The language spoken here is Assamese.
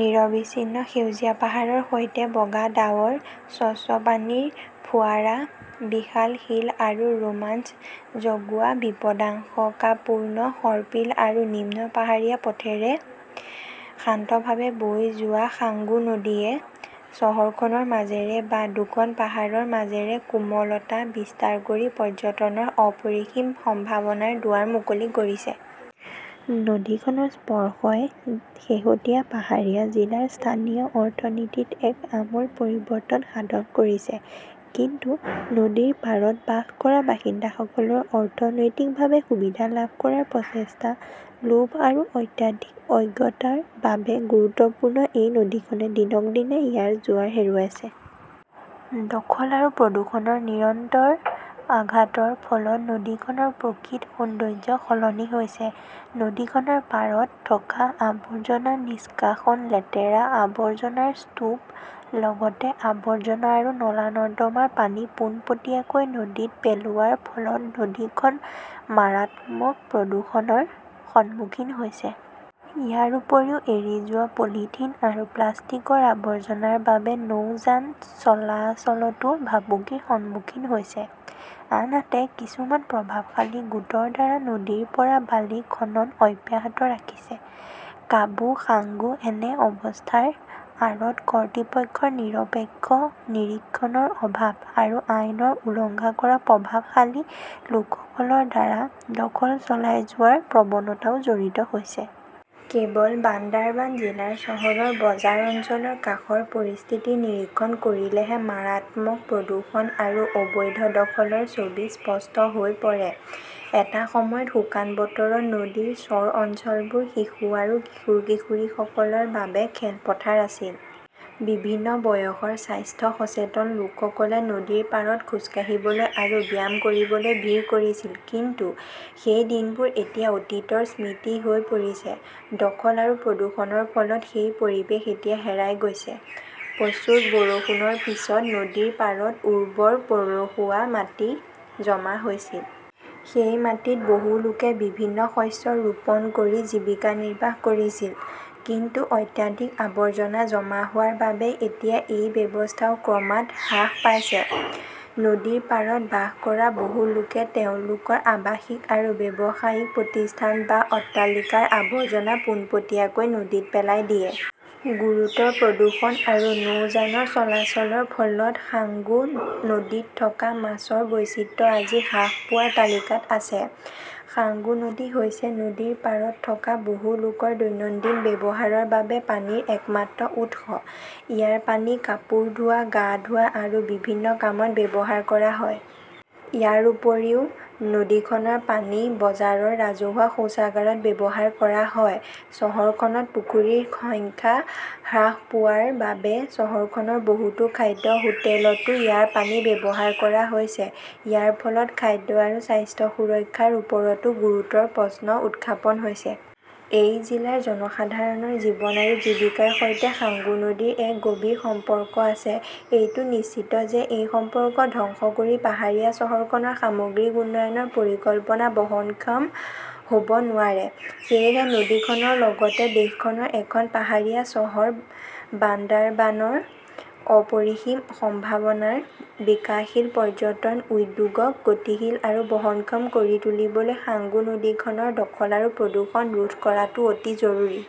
নিৰবিচ্ছিন্ন সেউজীয়া পাহাৰৰ সৈতে বগা ডাৱৰ, স্বচ্ছ পানীৰ ফোঁৱাৰা, বিশাল শিল আৰু ৰোমাঞ্চ জগোৱা বিপদাশংকাপূৰ্ণ সৰ্পিল আৰু নিম্ন পাহাৰীয়া পথেৰে শান্তভাৱে বৈ যোৱা সাঙ্গু নদীয়ে চহৰখনৰ মাজেৰে বা দুখন পাহাৰৰ মাজেৰে কোমলতা বিস্তাৰ কৰি পৰ্যটনৰ অপৰিসীম সম্ভাৱনাৰ দুৱাৰ মুকলি কৰিছে। নদীখনৰ স্পৰ্শই শেহতীয়া পাহাৰীয়া জিলাৰ স্থানীয় অৰ্থনীতিত এক আমূল পৰিৱৰ্তন সাধন কৰিছে। কিন্তু নদীৰ পাৰত বাস কৰা বাসিন্দাসকলৰ অনৈতিকভাৱে সুবিধা লাভ কৰাৰ প্ৰচেষ্টা, লোভ আৰু অত্যাধিক অজ্ঞতাৰ বাবে গুৰুত্বপূৰ্ণ এই নদীখনে দিনক দিনে ইয়াৰ জোৱাৰ হেৰুৱাইছে। দখল আৰু প্ৰদূষণৰ নিৰন্তৰ আঘাতৰ ফলত নদীখনৰ প্ৰকৃত সৌন্দৰ্য সলনি হৈছে। নদীখনৰ পাৰত থকা আৱৰ্জনা নিষ্কাশন, লেতেৰা আৱৰ্জনাৰ স্তূপ লগতে আৱৰ্জনা আৰু নলা-নৰ্দমাৰ পানী পোনপটীয়াকৈ নদীত পেলোৱাৰ ফলত নদীখন মাৰাত্মক প্ৰদূষণৰ সন্মুখীন হৈছে। ইয়াৰ উপৰিও, এৰি যোৱা পলিথিন আৰু প্লাষ্টিকৰ আৱৰ্জনাৰ বাবে নৌযান চলাচলতো ভাবুকিৰ সন্মুখীন হৈছে। আনহাতে, কিছুমান প্ৰভাৱশালী গোটৰ দ্বাৰা নদীৰ পৰা বালি খনন অব্যাহত ৰাখিছে। কাবু সাঙ্গু এনে অৱস্থাৰ আঁৰত কৰ্তৃপক্ষৰ নিৰপেক্ষ নিৰীক্ষণৰ অভাৱ আৰু আইনৰ উলংঘা কৰা প্ৰভাৱশালী লোকসকলৰ দ্বাৰা দখল চলাই যোৱাৰ প্ৰৱণতাও জড়িত হৈছে। কেৱল বান্দাৰবান জিলাৰ চহৰৰ বজাৰ অঞ্চলৰ কাষৰ পৰিস্থিতি নিৰীক্ষণ কৰিলেহে মাৰাত্মক প্ৰদূষণ আৰু অবৈধ দখলৰ ছবি স্পষ্ট হৈ পৰে। এটা সময়ত শুকান বতৰত নদীৰ চৰ অঞ্চলবোৰ শিশু আৰু কিশোৰ-কিশোৰীসকলৰ বাবে খেলৰ পথাৰ আছিল। বিভিন্ন বয়সৰ স্বাস্থ্য সচেতন লোকসকলে নদীৰ পাৰত খোজ কাঢ়িবলৈ আৰু ব্যায়াম কৰিবলৈ ভিৰ কৰিছিল। কিন্তু সেই দিনবোৰ এতিয়া অতীতৰ স্মৃতি হৈ পৰিছে। দখল আৰু প্ৰদূষণৰ ফলত সেই পৰিৱেশ এতিয়া হেৰাই গৈছে। প্ৰচুৰ বৰষুণৰ পিছত নদীৰ পাৰত উৰ্বৰ পলসুৱা মাটি জমা হৈছিল। সেই মাটিত বহু লোকে বিভিন্ন শস্য ৰোপণ কৰি জীৱিকা নিৰ্বাহ কৰিছিল। কিন্তু অত্যাধিক আৱৰ্জনা জমা হোৱাৰ বাবে এতিয়া এই ব্যৱস্থাও ক্ৰমাৎ হ্ৰাস পাইছে। নদীৰ পাৰত বাস কৰা বহু লোকে তেওঁলোকৰ আৱাসিক আৰু ব্যৱসায়িক প্ৰতিষ্ঠান বা অট্টালিকাৰ আৱৰ্জনা পোনপটীয়াকৈ নদীত পেলাই দিয়ে। গুৰুতৰ প্ৰদূষণ আৰু নৌযানৰ চলাচলৰ ফলত সাংগু নদীত থকা মাছৰ বৈচিত্ৰ্য আজি হ্ৰাস পোৱাৰ তালিকাত আছে। সাঙ্গু নদী হৈছে নদীৰ পাৰত থকা বহু লোকৰ দৈনন্দিন ব্যৱহাৰৰ বাবে পানীৰ একমাত্ৰ উৎস। ইয়াৰ পানী কাপোৰ ধোৱা, গা ধোৱা আৰু বিভিন্ন কামত ব্যৱহাৰ কৰা হয়। ইয়াৰ উপৰিও, নদীখনৰ পানী বজাৰৰ ৰাজহুৱা শৌচাগাৰত ব্যৱহাৰ কৰা হয়। চহৰখনত পুখুৰীৰ সংখ্যা হ্ৰাস পোৱাৰ বাবে চহৰখনৰ বহুতো খাদ্য হোটেলতো ইয়াৰ পানী ব্যৱহাৰ কৰা হৈছে! ইয়াৰ ফলত খাদ্য আৰু স্বাস্থ্য সুৰক্ষাৰ ওপৰতো গুৰুতৰ প্ৰশ্ন উত্থাপন হৈছে। এই জিলাৰ জনসাধাৰণৰ জীৱন আৰু জীৱিকাৰ সৈতে সাঙ্গু নদীৰ এক গভীৰ সম্পৰ্ক আছে। এইটো নিশ্চিত যে এই সম্পৰ্ক ধ্বংস কৰি পাহাৰীয়া চহৰখনৰ সামগ্ৰিক উন্নয়নৰ পৰিকল্পনা বহনক্ষম হ 'ব নোৱাৰে। সেয়েহে নদীখনৰ লগতে দেশখনৰ এখন পাহাৰীয়া চহৰ বান্দাৰবানৰ অপৰিসীম সম্ভাৱনাৰ বিকাশশীল পৰ্যটন উদ্যোগক গতিশীল আৰু বহনক্ষম কৰি তুলিবলৈ সাঙ্গু নদীখনৰ দখল আৰু প্ৰদূষণ ৰোধ কৰাটো অতি জৰুৰী।